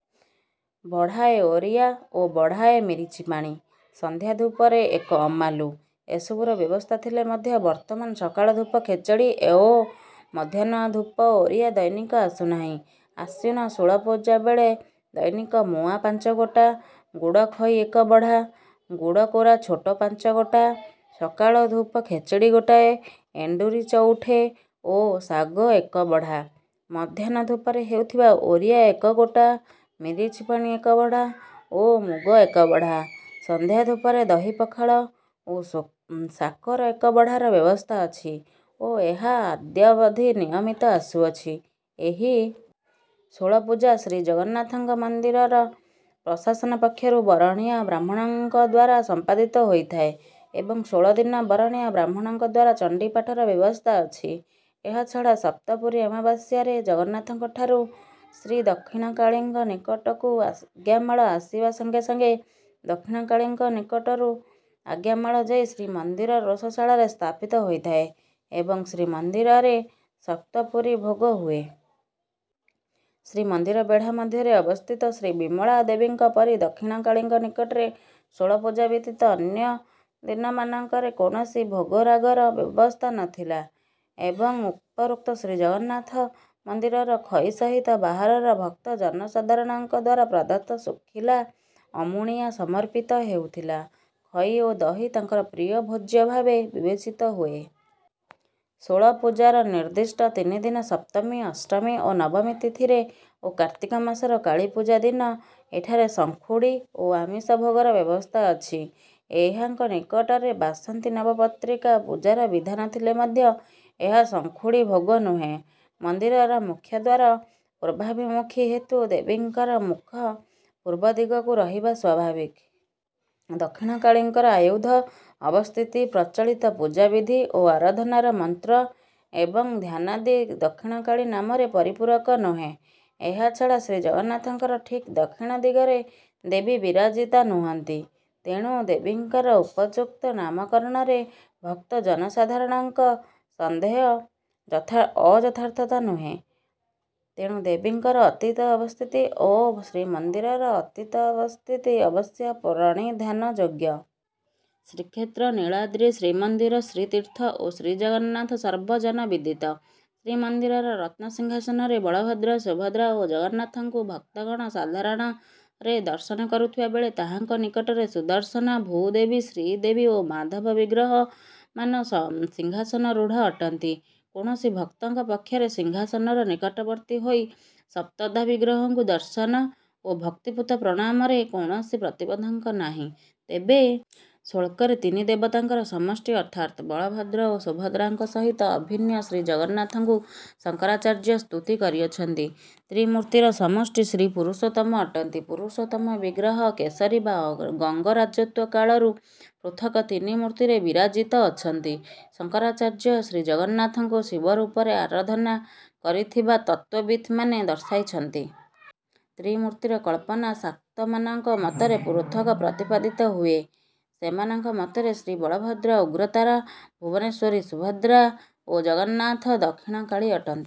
ବଢ଼ାଏ ଓରିଆ ଓ ବଢ଼ାଏ ମରିଚିପାଣି, ସନ୍ଧ୍ୟା ଧୂପରେ ଏକ ଅମାଲୁ। ଏସବୁର ବ୍ୟବସ୍ଥା ଥିଲେ ମଧ୍ୟ ବର୍ତ୍ତମାନ ସକାଳ ଧୂପ ଖେଚେଡ଼ି ଓ ମଧ୍ୟାହ୍ନ ଧୂପ ଓରିଆ ଦୈନିକ ଆସୁନାହିଁ। ଆଶ୍ୱିନ ଷୋଳପୂଜା ବେଳେ ଦୈନିକ ମୁଆଁ ପାଞ୍ଚଗୋଟା, ଗୁଡ଼ଖଇ ଏକ ବଢ଼ା, ଗୁଡ଼କୋରା ଛୋଟ ପାଞ୍ଚଗୋଟା, ସକାଳ ଧୂପ ଖେଚେଡ଼ି ଗୋଟାଏ, ଏଣ୍ଡୁରି ଚଉଠେ ଓ ଶାଗ ଏକ ବଢ଼ା; ମଧ୍ୟାହ୍ନ ଧୂପରେ ହେଉଥିବା ଓରିଆ ଏକ ଗୋଟା, ମରିଚିପାଣି ଏକ ବଢ଼ା ଓ ମୁଗ ଏକ ବଢ଼ା; ସନ୍ଧ୍ୟା ଧୂପରେ ଦହିପଖାଳ ଓ ଶାକର ଏକ ବଢ଼ାର ବ୍ୟବସ୍ଥା ଅଛି ଓ ଏହା ଅଦ୍ୟାବଧି ନିୟମିତ ଆସୁଅଛି। ଏହି ଷୋଳପୂଜା ଶ୍ରୀଜଗନ୍ନାଥ ମନ୍ଦିର ପ୍ରଶାସନ ପକ୍ଷରୁ ବରଣୀୟ ବ୍ରାହ୍ମଣଙ୍କ ଦ୍ୱାରା ସମ୍ପାଦିତ ହୋଇଥାଏ ଏବଂ ଷୋଳଦିନ ବରଣୀୟ ବ୍ରାହ୍ମଣଙ୍କ ଦ୍ୱାରା ଚଣ୍ଡୀପାଠର ବ୍ୟବସ୍ଥା ଅଛି। ଏହାଛଡ଼ା ସପ୍ତପୁରୀ ଅମାବାସ୍ୟାରେ ଜଗନ୍ନାଥଙ୍କ ଠାରୁ ଶ୍ରୀଦକ୍ଷିଣକାଳୀଙ୍କ ନିକଟକୁ ଆଜ୍ଞାମାଳ ଆସିବା ସଙ୍ଗେ ସଙ୍ଗେ ଦକ୍ଷିଣକାଳୀଙ୍କ ନିକଟରୁ ଆଜ୍ଞାମାଳ ଯାଇ ଶ୍ରୀମନ୍ଦିର ରୋଷଶାଳାରେ ସ୍ଥାପିତ ହୋଇଥାଏ ଏବଂ ଶ୍ରୀମନ୍ଦିରରେ ସପ୍ତପୁରୀ ଭୋଗ ହୁଏ। ଶ୍ରୀମନ୍ଦିର ବେଢ଼ା ମଧ୍ୟରେ ଅବସ୍ଥିତ ଶ୍ରୀବିମଳା ଦେବୀଙ୍କ ପରି ଦକ୍ଷିଣକାଳୀଙ୍କ ନିକଟରେ ଷୋଳପୂଜା ବ୍ୟତୀତ ଅନ୍ୟ ଦିନମାନଙ୍କରେ କୌଣସି ଭୋଗରାଗର ବ୍ୟବସ୍ଥା ନଥିଲା ଏବଂ ଉପରୋକ୍ତ ଶ୍ରୀଜଗନ୍ନାଥ ମନ୍ଦିରର ଖଇ ସହିତ ବାହାରର ଭକ୍ତ ଜନସାଧାରଣଙ୍କ ଦ୍ୱାରା ପ୍ରଦତ୍ତ ଶୁଖିଲା ଅମୁଣିଆ ସମର୍ପିତ ହେଉଥିଲା। ଖଇ ଓ ଦହି ତାଙ୍କର ପ୍ରିୟ ଭୋଜ୍ୟ ଭାବେ ବିବେଚିତ ହୁଏ। ଷୋଳପୂଜାର ନିର୍ଦ୍ଦିଷ୍ଟ ତିନିଦିନ ସପ୍ତମୀ, ଅଷ୍ଟମୀ ଓ ନବମୀ ତିଥିରେ ଓ କାର୍ତ୍ତିକ ମାସର କାଳୀପୂଜା ଦିନ ଏଠାରେ ସଂଖୁଡ଼ି ଓ ଆମିଷ ଭୋଗର ବ୍ୟବସ୍ଥା ଅଛି। ଏହାଙ୍କ ନିକଟରେ ବାସନ୍ତୀ ନବପତ୍ରିକା ପୂଜାର ବିଧାନ ଥିଲେ ମଧ୍ୟ ଏହା ସଂଖୁଡ଼ି ଭୋଗ ନୁହେଁ। ମନ୍ଦିରର ମୁଖ୍ୟଦ୍ୱାର ପୂର୍ବାଭିମୁଖୀ ହେତୁ ଦେବୀଙ୍କର ମୁଖ ପୂର୍ବ ଦିଗକୁ ରହିବା ସ୍ୱାଭାବିକ। ଦକ୍ଷିଣକାଳୀଙ୍କର ଆୟୁଧ, ଅବସ୍ଥିତି, ପ୍ରଚଳିତ ପୂଜାବିଧି ଓ ଆରାଧନାର ମନ୍ତ୍ର ଏବଂ ଧ୍ୟାନାଦି ଦକ୍ଷିଣକାଳୀ ନାମର ପରିପୂରକ ନୁହେଁ। ଏହାଛଡ଼ା ଶ୍ରୀ ଜଗନ୍ନାଥଙ୍କର ଠିକ୍ ଦକ୍ଷିଣ ଦିଗରେ ଦେବୀ ବିରାଜିତା ନୁହଁନ୍ତି। ତେଣୁ ଦେବୀଙ୍କର ଉପଯୁକ୍ତ ନାମକରଣରେ ଭକ୍ତ ଜନସାଧାରଣଙ୍କର ସନ୍ଦେହ ଅଯଥାର୍ଥ ନୁହେଁ। ତେଣୁ ଦେବୀଙ୍କର ଅତୀତ ଅବସ୍ଥିତି ଓ ଶ୍ରୀମନ୍ଦିରର ଅତୀତ ଅବସ୍ଥିତି ଅବଶ୍ୟ ପ୍ରଣିଧାନଯୋଗ୍ୟ। ଶ୍ରୀକ୍ଷେତ୍ର, ନୀଳାଦ୍ରି, ଶ୍ରୀମନ୍ଦିର, ଶ୍ରୀତୀର୍ଥ ଓ ଶ୍ରୀଜଗନ୍ନାଥ ସର୍ବଜନବିଦିତ। ଶ୍ରୀମନ୍ଦିରର ରତ୍ନସିଂହାସନରେ ବଳଭଦ୍ର, ସୁଭଦ୍ରା ଓ ଜଗନ୍ନାଥଙ୍କୁ ଭକ୍ତଗଣ ସାଧାରଣରେ ଦର୍ଶନ କରୁଥିବା ବେଳେ ତାହାଙ୍କ ନିକଟରେ ସୁଦର୍ଶନ, ଭୂଦେବୀ, ଶ୍ରୀଦେବୀ ଓ ମାଧବ ବିଗ୍ରହମାନ ସିଂହାସନାରୂଢ଼ ଅଟନ୍ତି। କୌଣସି ଭକ୍ତଙ୍କ ପକ୍ଷରେ ସିଂହାସନର ନିକଟବର୍ତ୍ତୀ ହୋଇ ସପ୍ତଧା ବିଗ୍ରହଙ୍କୁ ଦର୍ଶନ ଓ ଭକ୍ତିପୂତ ପ୍ରଣାମରେ କୌଣସି ପ୍ରତିବନ୍ଧକ ନାହିଁ। ତେବେ ଶ୍ଲୋକରେ ତିନି ଦେବତାଙ୍କର ସମଷ୍ଟି ଅର୍ଥାତ୍ ବଳଭଦ୍ର ଓ ସୁଭଦ୍ରାଙ୍କ ସହିତ ଅଭିନ୍ନ ଶ୍ରୀଜଗନ୍ନାଥଙ୍କୁ ଶଙ୍କରାଚାର୍ଯ୍ୟ ସ୍ତୁତି କରିଅଛନ୍ତି। ତ୍ରିମୂର୍ତ୍ତିର ସମଷ୍ଟି ଶ୍ରୀପୁରୁଷୋତ୍ତମ ଅଟନ୍ତି। ପୁରୁଷୋତ୍ତମ ବିଗ୍ରହ କେଶରୀ ବା ଗଙ୍ଗ ରାଜତ୍ୱ କାଳରୁ ପୃଥକ୍ ତିନି ମୂର୍ତ୍ତିରେ ବିରାଜିତ ଅଛନ୍ତି। ଶଙ୍କରାଚାର୍ଯ୍ୟ ଶ୍ରୀଜଗନ୍ନାଥଙ୍କୁ ଶିବ ରୂପରେ ଆରାଧନା କରିଥିବା ତତ୍ତ୍ୱବିତ୍‌ମାନେ ଦର୍ଶାଇଅଛନ୍ତି। ତ୍ରିମୂର୍ତ୍ତିର କଳ୍ପନା ଶାକ୍ତମାନଙ୍କ ମତରେ ପୃଥକ୍ ପ୍ରତିପାଦିତ ହୁଏ। ସେମାନଙ୍କ ମତରେ ଶ୍ରୀବଳଭଦ୍ର ଉଗ୍ରତାରା, ଭୁବନେଶ୍ୱରୀ ସୁଭଦ୍ରା ଓ ଜଗନ୍ନାଥ ଦକ୍ଷିଣକାଳୀ ଅଟନ୍ତି।